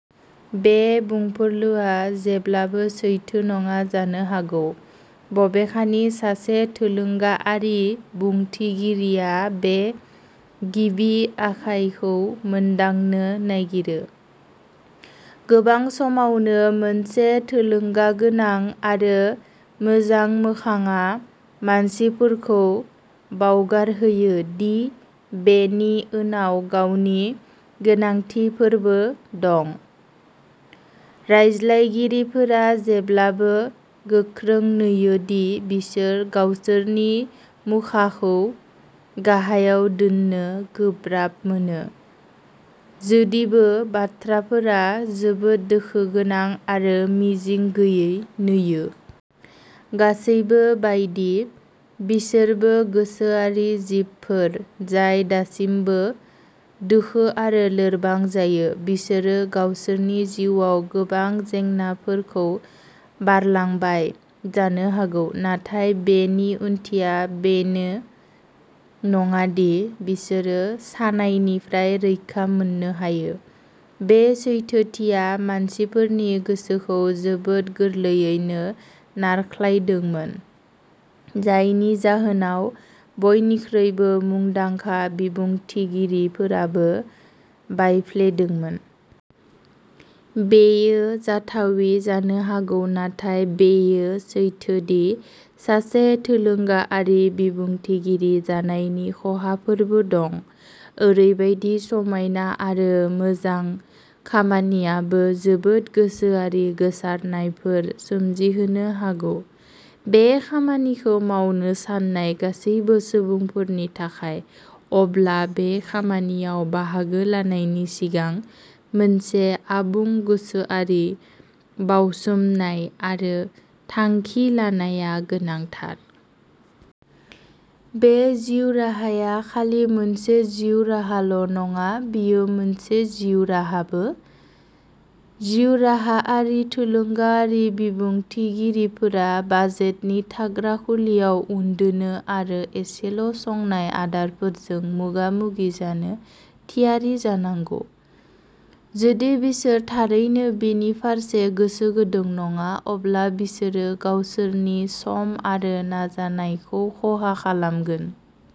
"-बे बुंफुरलुआ जेब्लाबो सैथो नङा जानो हागौ। बबेखानि, सासे थुलुंगायारि बुंथिगिरिया बे गिबि आखायखौ मोनदांनो नागिरो। गोबां समावनो, मोनसे थुलुंगागोनां आरो मोजां मोखांआ मानसिफोरखौ बावगारहोयो दि बेनि उनाव गावनि गोनांथिफोरबो दं। रायज्लायगिरिफोरा जेब्लाबो गोख्रों नुयो दि बिसोर गावसोरनि मुखाखौ गाहायाव दोन्नो गोब्राब मोनो, जुदिबो बाथ्राफोरा जोबोद दुखुगोनां आरो मिजिं गैयै नुयो। गासैबो बायदि, बिसोरबो गोसोआरि जिबफोर जाय दासिमबो दुखु आरो लोरबां जायो। बिसोरो गावसोरनि जिउआव गोबां जेंनाफोरखौ बारलांबाय जानो हागौ, नाथाय बेनि ओंथिया बेनो नङा दि बिसोरो सानायनिफ्राय रैखा मोननो हायो। बे सैथोथिया मानसिफोरनि गोसोखौ जोबोद गोरलैयैनो नारख्लायदोंमोन, जायनि जाउनाव बयनिख्रुइबो मुंदांखा बिबुंथिगिरिफोराबो बायफ्लेदोंमोन। बेयो जाथावै जानो हागौ नाथाय बेयो सैथो दि सासे थुलुंगायारि बिबुंथिगिरि जानायनि खहाफोरबो दं। ओरैबायदि समायना आरो मोजां खामानियाबो जोबोद गोसोआरि गोसारनायफोर सोमजिहोनो हागौ। बे खामानिखौ मावनो सान्नाय गासैबो सुबुंफोरनि थाखाय, अब्ला बे खामानियाव बाहागो लानायनि सिगां मोनसे आबुं गोसोआरि बाउसोमनाय आरो थांखि लानाया गोनांथार। बे जिउ राहाया खालि मोनसे जिउ राहाल'नङा, बेयो मोनसे जिउ राहाबो। जिउराहायारि थुलुंगायारि बिबुंथिगिरिफोरा बाजेटनि थाग्रा खुलियाव उन्दुनो आरो एसेल'संनाय आदारफोरजों मोगा-मोगि जानो थियारि जानांगौ। जुदि बिसोर थारैनो बेनि फारसे गोसो गुदुं नङा, अब्ला बिसोरो गावसोरनि सम आरो नाजानायखौ खहा खालामगोन।